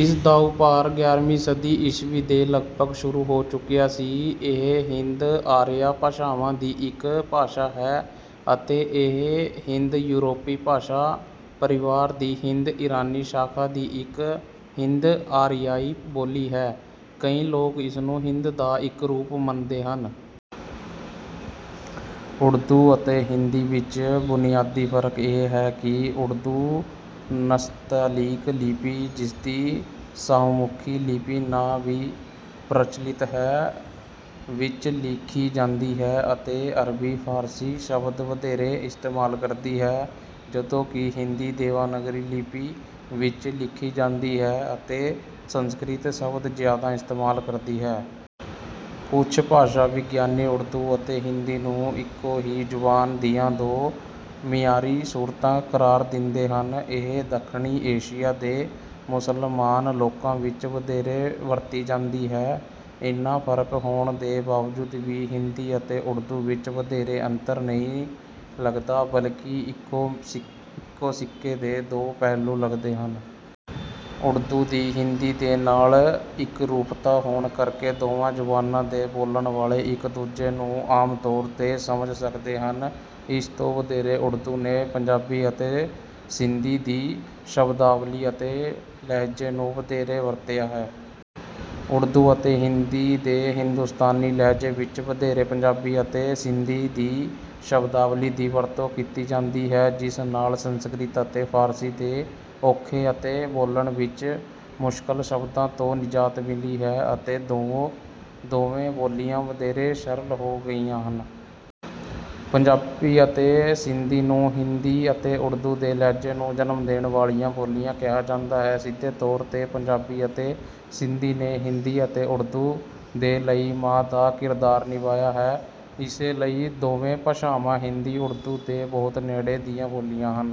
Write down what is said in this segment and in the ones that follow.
ਇਸ ਦਾ ਉਭਾਰ ਗਿਆਰ੍ਹਵੀਂ ਸਦੀ ਈਸਵੀ ਦੇ ਲਗਭਗ ਸ਼ੁਰੂ ਹੋ ਚੁੱਕਿਆ ਸੀ। ਇਹ ਹਿੰਦ-ਆਰੀਆ ਭਾਸ਼ਾਵਾਂ ਦੀ ਇੱਕ ਭਾਸ਼ਾ ਹੈ ਅਤੇ ਇਹ ਹਿੰਦ-ਯੂਰਪੀ ਭਾਸ਼ਾ-ਪਰਿਵਾਰ ਦੀ ਹਿੰਦ-ਇਰਾਨੀ ਸ਼ਾਖਾ ਦੀ ਇੱਕ ਹਿੰਦ-ਆਰੀਆਈ ਬੋਲੀ ਹੈ। ਕਈ ਲੋਕ ਇਸਨੂੰ ਹਿੰਦੀ ਦਾ ਇੱਕ ਰੂਪ ਮੰਨਦੇ ਹਨ। ਉਰਦੂ ਅਤੇ ਹਿੰਦੀ ਵਿੱਚ ਬੁਨਿਆਦੀ ਫ਼ਰਕ ਇਹ ਹੈ ਕਿ ਉਰਦੂ ਨਸਤਾਲੀਕ ਲਿਪੀ, ਜਿਸਦਾ ਸ਼ਾਹਮੁਖੀ ਲਿਪੀ ਨਾਂ ਵੀ ਪ੍ਰਚਲਿਤ ਹੈ, ਵਿੱਚ ਲਿਖੀ ਜਾਂਦੀ ਹੈ ਅਤੇ ਅਰਬੀ-ਫ਼ਾਰਸੀ ਸ਼ਬਦ ਵਧੇਰੇ ਇਸਤੇਮਾਲ ਕਰਦੀ ਹੈ। ਜਦੋਂ ਕਿ ਹਿੰਦੀ ਦੇਵਨਾਗਰੀ ਲਿਪੀ ਵਿੱਚ ਲਿਖੀ ਜਾਂਦੀ ਹੈ ਅਤੇ ਸੰਸਕ੍ਰਿਤ ਸ਼ਬਦ ਜ਼ਿਆਦਾ ਇਸਤੇਮਾਲ ਕਰਦੀ ਹੈ। ਕੁਝ ਭਾਸ਼ਾ-ਵਿਗਿਆਨੀ ਉਰਦੂ ਅਤੇ ਹਿੰਦੀ ਨੂੰ ਇੱਕੋ ਹੀ ਜ਼ੁਬਾਨ ਦੀਆਂ ਦੋ ਮਿਆਰੀ ਸੂਰਤਾਂ ਕਰਾਰ ਦਿੰਦੇ ਹਨ। ਇਹ ਦੱਖਣੀ ਏਸ਼ੀਆ ਦੇ ਮੁਸਲਮਾਨ ਲੋਕਾਂ ਵਿੱਚ ਵਧੇਰੇ ਵਰਤੀ ਜਾਂਦੀ ਹੈ। ਇੰਨਾ ਫ਼ਰਕ ਹੋਣ ਦੇ ਬਾਵਜੂਦ ਵੀ ਹਿੰਦੀ ਅਤੇ ਉਰਦੂ ਵਿੱਚ ਵਧੇਰੇ ਅੰਤਰ ਨਹੀਂ ਲਗਦਾ, ਬਲਕਿ ਇੱਕੋ ਸਿੱਕੇ ਦੇ ਦੋ ਪਹਿਲੂ ਲਗਦੇ ਹਨ। ਉਰਦੂ ਦੀ ਹਿੰਦੀ ਦੇ ਨਾਲ ਇੱਕਰੂਪਤਾ ਹੋਣ ਕਰਕੇ, ਦੋਵਾਂ ਜ਼ਬਾਨਾਂ ਦੇ ਬੋਲਣ ਵਾਲੇ ਇੱਕ ਦੂਜੇ ਨੂੰ ਆਮ ਤੌਰ 'ਤੇ ਸਮਝ ਸਕਦੇ ਹਨ। ਇਸ ਤੋਂ ਵਧੇਰੇ ਉਰਦੂ ਨੇ ਪੰਜਾਬੀ ਅਤੇ ਸਿੰਧੀ ਦੀ ਸ਼ਬਦਾਵਲੀ ਅਤੇ ਲਹਿਜੇ ਨੂੰ ਵਧੇਰੇ ਵਰਤਿਆ ਹੈ। ਉਰਦੂ ਅਤੇ ਹਿੰਦੀ ਦੇ ਹਿੰਦੁਸਤਾਨੀ ਲਹਿਜੇ ਵਿੱਚ ਵਧੇਰੇ ਪੰਜਾਬੀ ਅਤੇ ਸਿੰਧੀ ਦੀ ਸ਼ਬਦਾਵਲੀ ਦੀ ਵਰਤੋਂ ਕੀਤੀ ਜਾਂਦੀ ਹੈ, ਜਿਸ ਨਾਲ ਸੰਸਕ੍ਰਿਤ ਅਤੇ ਫ਼ਾਰਸੀ ਦੇ ਔਖੇ ਅਤੇ ਬੋਲਣ ਵਿੱਚ ਮੁਸ਼ਕਲ ਸ਼ਬਦਾਂ ਤੋਂ ਨਿਜਾਤ ਮਿਲੀ ਹੈ, ਅਤੇ ਦੋਵੇਂ ਬੋਲੀਆਂ ਵਧੇਰੇ ਸਰਲ ਹੋ ਗਈਆਂ ਹਨ। ਪੰਜਾਬੀ ਅਤੇ ਸਿੰਧੀ ਨੂੰ ਹਿੰਦੀ ਅਤੇ ਉਰਦੂ ਦੇ ਲਹਿਜੇ ਨੂੰ ਜਨਮ ਦੇਣ ਵਾਲੀਆਂ ਬੋਲੀਆਂ ਕਿਹਾ ਜਾਂਦਾ ਹੈ। ਸਿੱਧੇ ਤੌਰ 'ਤੇ ਪੰਜਾਬੀ ਅਤੇ ਸਿੰਧੀ ਨੇ ਹਿੰਦੀ ਅਤੇ ਉਰਦੂ ਦੇ ਲਈ ਮਾਂ ਦਾ ਕਿਰਦਾਰ ਨਿਭਾਇਆ ਹੈ, ਇਸੇ ਲਈ ਦੋਵੇਂ ਭਾਸ਼ਾਵਾਂ ਹਿੰਦੀ-ਉਰਦੂ ਦੇ ਬਹੁਤ ਨੇੜੇ ਦੀਆਂ ਬੋਲੀਆਂ ਹਨ।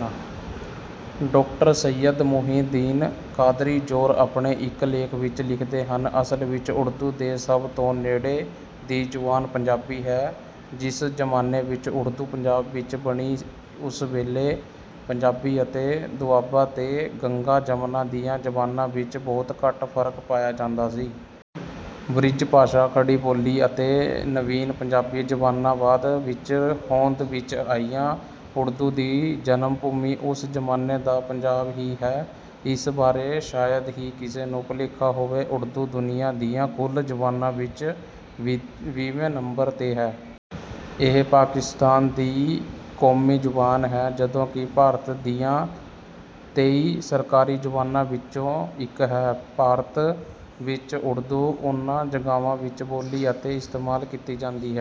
ਡਾ. ਸੱਯਦ ਮੁਹੀਉਦੀਨ ਕ਼ਾਦਰੀ ਜ਼ੋਰ ਆਪਣੇ ਇੱਕ ਲੇਖ ਵਿੱਚ ਲਿਖਦੇ ਹਨ: ਅਸਲ ਵਿੱਚ ਉਰਦੂ ਦੇ ਸਭ ਤੋਂ ਨੇੜੇ ਦੀ ਜ਼ਬਾਨ ਪੰਜਾਬੀ ਹੈ। ਜਿਸ ਜ਼ਮਾਨੇ ਵਿੱਚ ਉਰਦੂ ਪੰਜਾਬ ਵਿੱਚ ਬਣੀ ਉਸ ਵੇਲੇ ਪੰਜਾਬੀ ਅਤੇ ਦੁਆਬਾ ਤੇ ਗੰਗਾ-ਜਮਨਾ ਦੀਆਂ ਜ਼ਬਾਨਾਂ ਵਿੱਚ ਬਹੁਤ ਘੱਟ ਫ਼ਰਕ ਪਾਇਆ ਜਾਂਦਾ ਸੀ। ਬ੍ਰਜ ਭਾਸ਼ਾ, ਖੜੀ ਬੋਲੀ ਅਤੇ ਨਵੀਨ ਪੰਜਾਬੀ ਜ਼ਬਾਨਾਂ ਬਾਅਦ ਵਿੱਚ ਹੋਂਦ ਵਿੱਚ ਆਈਆਂ। ਉਰਦੂ ਦੀ ਜਨਮ ਭੂਮੀ ਉਸ ਜ਼ਮਾਨੇ ਦਾ ਪੰਜਾਬ ਹੀ ਹੈ, ਇਸ ਬਾਰੇ ਸ਼ਾਇਦ ਹੀ ਕਿਸੇ ਨੂੰ ਭੁਲੇਖਾ ਹੋਵੇ। ਉਰਦੂ ਦੁਨੀਆ ਦੀਆਂ ਕੁੱਲ ਜ਼ੁਬਾਨਾਂ ਵਿੱਚ ਵੀਹਵੇਂ ਨੰਬਰ 'ਤੇ ਹੈ। ਇਹ ਪਾਕਿਸਤਾਨ ਦੀ ਕੌਮੀ ਜ਼ੁਬਾਨ ਹੈ, ਜਦੋਂ ਕਿ ਭਾਰਤ ਦੀਆਂ ਤੇਈ ਸਰਕਾਰੀ ਜ਼ੁਬਾਨਾਂ ਵਿੱਚੋਂ ਇੱਕ ਹੈ। ਭਾਰਤ ਵਿੱਚ, ਉਰਦੂ ਉਨ੍ਹਾਂ ਜਗ੍ਹਾਵਾਂ ਵਿੱਚ ਬੋਲੀ ਅਤੇ ਇਸਤੇਮਾਲ ਕੀਤੀ ਜਾਂਦੀ